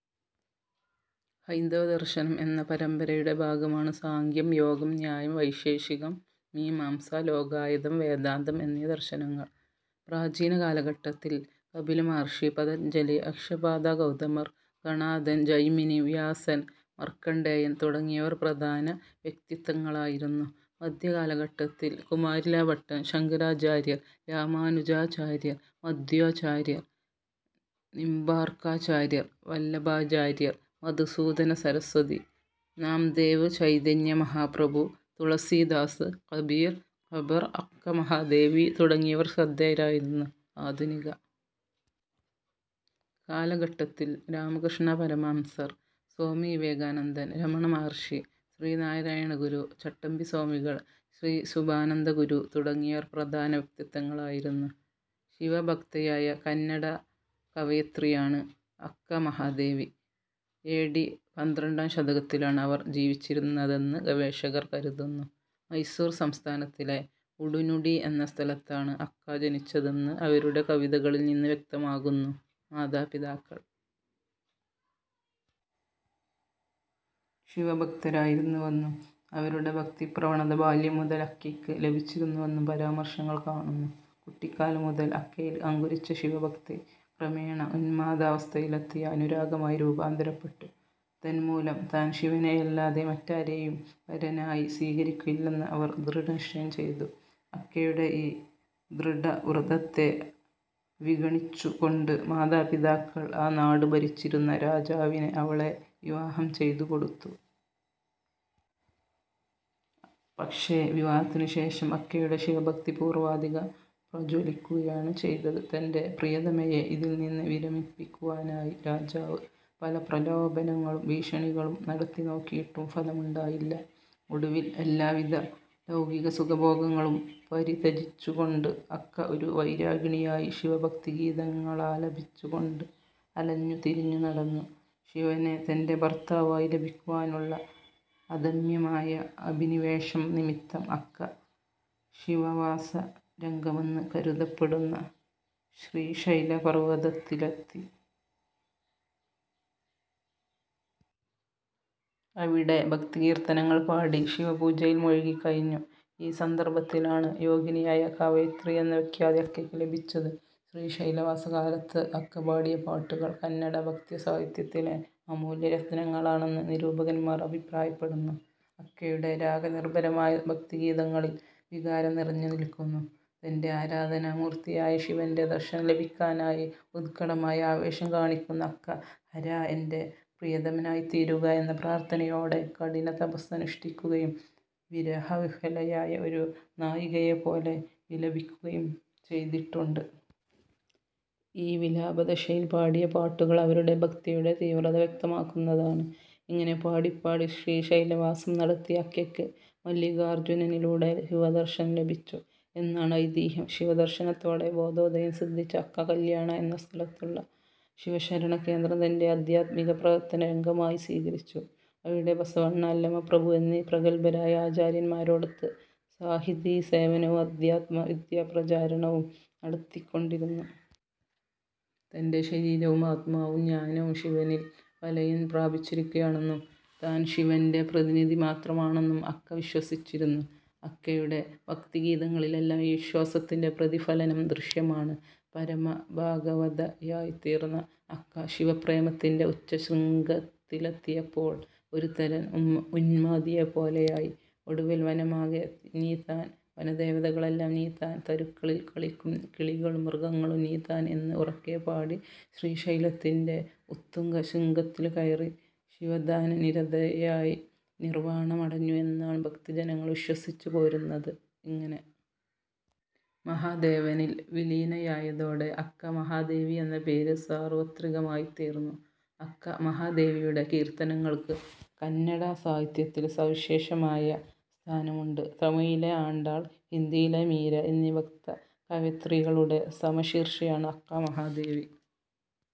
ഹൈന്ദവദർശനം എന്ന പരമ്പരയുടെ ഭാഗമാണ് സാംഖ്യം, യോഗം, ന്യായം, വൈശേഷികം, മീമാംസ, ലോകായതം, വേദാന്തം എന്നീ ദർശനങ്ങൾ. പ്രാചീന കാലഘട്ടത്തിൽ കപില മഹർഷി, പതഞ്ജലി, അക്ഷപാദ ഗൗതമർ, കണാദൻ, ജൈമിനി, വ്യാസൻ, മാർക്കണ്ഡേയൻ തുടങ്ങിയവർ പ്രധാന വ്യക്തിത്വങ്ങളായിരുന്നു. മധ്യകാലഘട്ടത്തിൽ കുമാരിലഭട്ടൻ, ശങ്കരാചാര്യർ, രാമാനുജാചാര്യർ, മധ്വാചാര്യർ, നിംബാർക്കാചാര്യർ, വല്ലഭാചാര്യർ, മധുസൂദന സരസ്വതി, നാംദേവ്, ചൈതന്യ മഹാപ്രഭു, തുളസീദാസ്, കബീർ, കമ്പർ, അക്ക മഹാദേവി തുടങ്ങിയവർ ശ്രദ്ധേയരായിരുന്നു. ആധുനിക കാലഘട്ടത്തിൽ രാമകൃഷ്ണ പരമഹംസർ, സ്വാമി വിവേകാനന്ദൻ, രമണ മഹർഷി, ശ്രീനാരായണഗുരു, ചട്ടമ്പിസ്വാമികൾ, ശ്രീ ശുഭാനന്ദഗുരു തുടങ്ങിയവർ പ്രധാന വ്യക്തിത്വങ്ങളായിരുന്നു. ശിവഭക്തയായ കന്നഡ കവയിത്രിയാണ് അക്ക മഹാദേവി. എ ഡി പന്ത്രണ്ടാം ശതകത്തിലാണ് അവർ ജീവിച്ചിരുന്നതെന്ന് ഗവേഷകർ കരുതുന്നു. മൈസൂർ സംസ്ഥാനത്തിലെ ഉടുനുടി എന്ന സ്ഥലത്താണ് അക്ക ജനിച്ചതെന്ന് അവരുടെ കവിതകളിൽനിന്ന് വ്യക്തമാകുന്നു. മാതാപിതാക്കൾ ശിവഭക്തരായിരുന്നുവെന്നും അവരുടെ ഭക്തിപ്രവണത ബാല്യം മുതൽ അക്കയ്ക്ക് ലഭിച്ചിരുന്നുവെന്നും പരാമർശങ്ങൾ കാണുന്നു. കുട്ടിക്കാലം മുതൽ അക്കയിൽ അങ്കുരിച്ച ശിവഭക്തി ക്രമേണ ഉന്മാദാവസ്ഥയിലെത്തിയ അനുരാഗമായി രൂപാന്തരപ്പെട്ടു. തന്മൂലം താൻ ശിവനെയല്ലാതെ മറ്റാരെയും വരനായി സ്വീകരിക്കുകയില്ലെന്ന് അവർ ദൃഢനിശ്ചയം ചെയ്തു. അക്കയുടെ ഈ ദൃഢവ്രതത്തെ വിഗണിച്ചുകൊണ്ട് മാതാപിതാക്കൾ ആ നാട് ഭരിച്ചിരുന്ന രാജാവിന് അവളെ വിവാഹം ചെയ്തുകൊടുത്തു. പക്ഷേ വിവാഹത്തിനുശേഷം അക്കയുടെ ശിവഭക്തി പൂർവാധികം പ്രോജ്വലിക്കുകയാണ് ചെയ്തത്. തന്റെ പ്രിയതമയെ ഇതിൽനിന്ന് വിരമിപ്പിക്കുവാനായി രാജാവ് പല പ്രലോഭനങ്ങളും ഭീഷണികളും നടത്തിനോക്കിയിട്ടും ഫലമുണ്ടായില്ല. ഒടുവിൽ എല്ലാവിധ ലൗകികസുഖഭോഗങ്ങളും പരിത്യജിച്ചുകൊണ്ട് അക്ക ഒരു വൈരാഗിണിയായി ശിവഭക്തിഗീതങ്ങളാലപിച്ചുകൊണ്ട് അലഞ്ഞുതിരിഞ്ഞുനടന്നു. ശിവനെ തന്റെ ഭർത്താവായി ലഭിക്കുവാനുള്ള അദമ്യമായ അഭിനിവേശം നിമിത്തം അക്ക ശിവവാസരംഗമെന്ന് കരുതപ്പെടുന്ന ശ്രീശൈലപർവതത്തിലെത്തി. അവിടെ ഭക്തികീർത്തനങ്ങൾ പാടി ശിവപൂജയിൽ മുഴുകിക്കഴിഞ്ഞു. ഈ സന്ദർഭത്തിലാണ് യോഗിനിയായ കവയിത്രി എന്ന വിഖ്യാതി അക്കയ്ക്ക് ലഭിച്ചത്. ശ്രീശൈലവാസകാലത്ത് അക്ക പാടിയ പാട്ടുകൾ കന്നഡ ഭക്തിസാഹിത്യത്തിലെ അമൂല്യരത്നങ്ങളാണെന്ന് നിരൂപകന്മാർ അഭിപ്രായപ്പെടുന്നു. അക്കയുടെ രാഗനിർഭരമായ ഭക്തിഗീതങ്ങളിൽ വികാരം നിറഞ്ഞുനിൽക്കുന്നു. തന്റെ ആരാധനാമൂർത്തിയായ ശിവന്റെ ദർശനം ലഭിക്കാനായി ഉത്കടമായ ആവേശം കാണിക്കുന്ന അക്ക ഹരാ, എന്റെ പ്രിയതമനായിത്തീരുക എന്ന പ്രാർഥനയോടെ കഠിനതപസ്സനുഷ്ഠിക്കുകയും വിരഹവിഹ്വലയായ ഒരു നായികയെപ്പോലെ വിലപിക്കുകയും ചെയ്തിട്ടുണ്ട്. ഈ വിലാപദശയിൽ പാടിയ പാട്ടുകൾ അവരുടെ ഭക്തിയുടെ തീവ്രത വ്യക്തമാക്കുന്നതാണ്. ഇങ്ങനെ പാടിപ്പാടി ശ്രീശൈലവാസം നടത്തിയ അക്കയ്ക്ക് മല്ലികാർജുനനിലൂടെ ശിവദർശനം ലഭിച്ചു എന്നാണ് ഐതിഹ്യം. ശിവദർശനത്തോടെ ബോധോദയം സിദ്ധിച്ച അക്ക കല്യാണ എന്ന സ്ഥലത്തുള്ള ശിവശരണകേന്ദ്രം തന്റെ ആധ്യാത്മിക പ്രവർത്തനരംഗമായി സ്വീകരിച്ചു. അവിടെ ബസവണ്ണ, അല്ലമപ്രഭു എന്നീ പ്രഗല്ഭരായ ആചാര്യന്മാരോടൊത്ത് സാഹിതീസേവനവും അധ്യാത്മവിദ്യാപ്രചാരണവും നടത്തിക്കൊണ്ടിരുന്നു. തന്റെ ശരീരവും ആത്മാവും ജ്ഞാനവും ശിവനിൽ വിലയം പ്രാപിച്ചിരിക്കുകയാണെന്നും താൻ ശിവന്റെ പ്രതിനിധി മാത്രമാണെന്നും അക്ക വിശ്വസിച്ചിരുന്നു. അക്കയുടെ ഭക്തിഗീതങ്ങളിലെല്ലാം ഈ വിശ്വാസത്തിന്റെ പ്രതിഫലനം ദൃശ്യമാണ്. പരമഭാഗവതയായിത്തീർന്ന അക്ക ശിവപ്രേമത്തിന്റെ ഉച്ചശൃംഗത്തിലെത്തിയപ്പോൾ ഒരുതരം ഉന്മാദിയെപ്പോലെയായി. ഒടുവിൽ വനമാകെ നീ താൻ, വനദേവതകളെല്ലാം നീ താൻ, തരുക്കളിൽക്കളിക്കും കിളികളും മൃഗങ്ങളും നീ താൻ എന്ന് ഉറക്കെ പാടി ശ്രീശൈലത്തിന്റെ ഉത്തുംഗശൃംഗത്തിൽ കയറി ശിവധ്യാനനിരതയായി നിർവാണമടഞ്ഞു എന്നാണ് ഭക്തജനങ്ങൾ വിശ്വസിച്ചുപോരുന്നത്. ഇങ്ങനെ മഹാദേവനിൽ വിലീനയായതോടെ അക്ക മഹാദേവി എന്ന പേര് സാർവത്രികമായിത്തീർന്നു. അക്ക മഹാദേവിയുടെ കീർത്തനങ്ങൾക്ക് കന്നഡസാഹിത്യത്തിൽ സവിശേഷമായ സ്ഥാനമുണ്ട്. തമിഴിലെ ആണ്ടാൾ, ഹിന്ദിയിലെ മീര എന്നീ ഭക്തകവയിത്രികളുടെ സമശീർഷയാണ് അക്ക മഹാദേവി.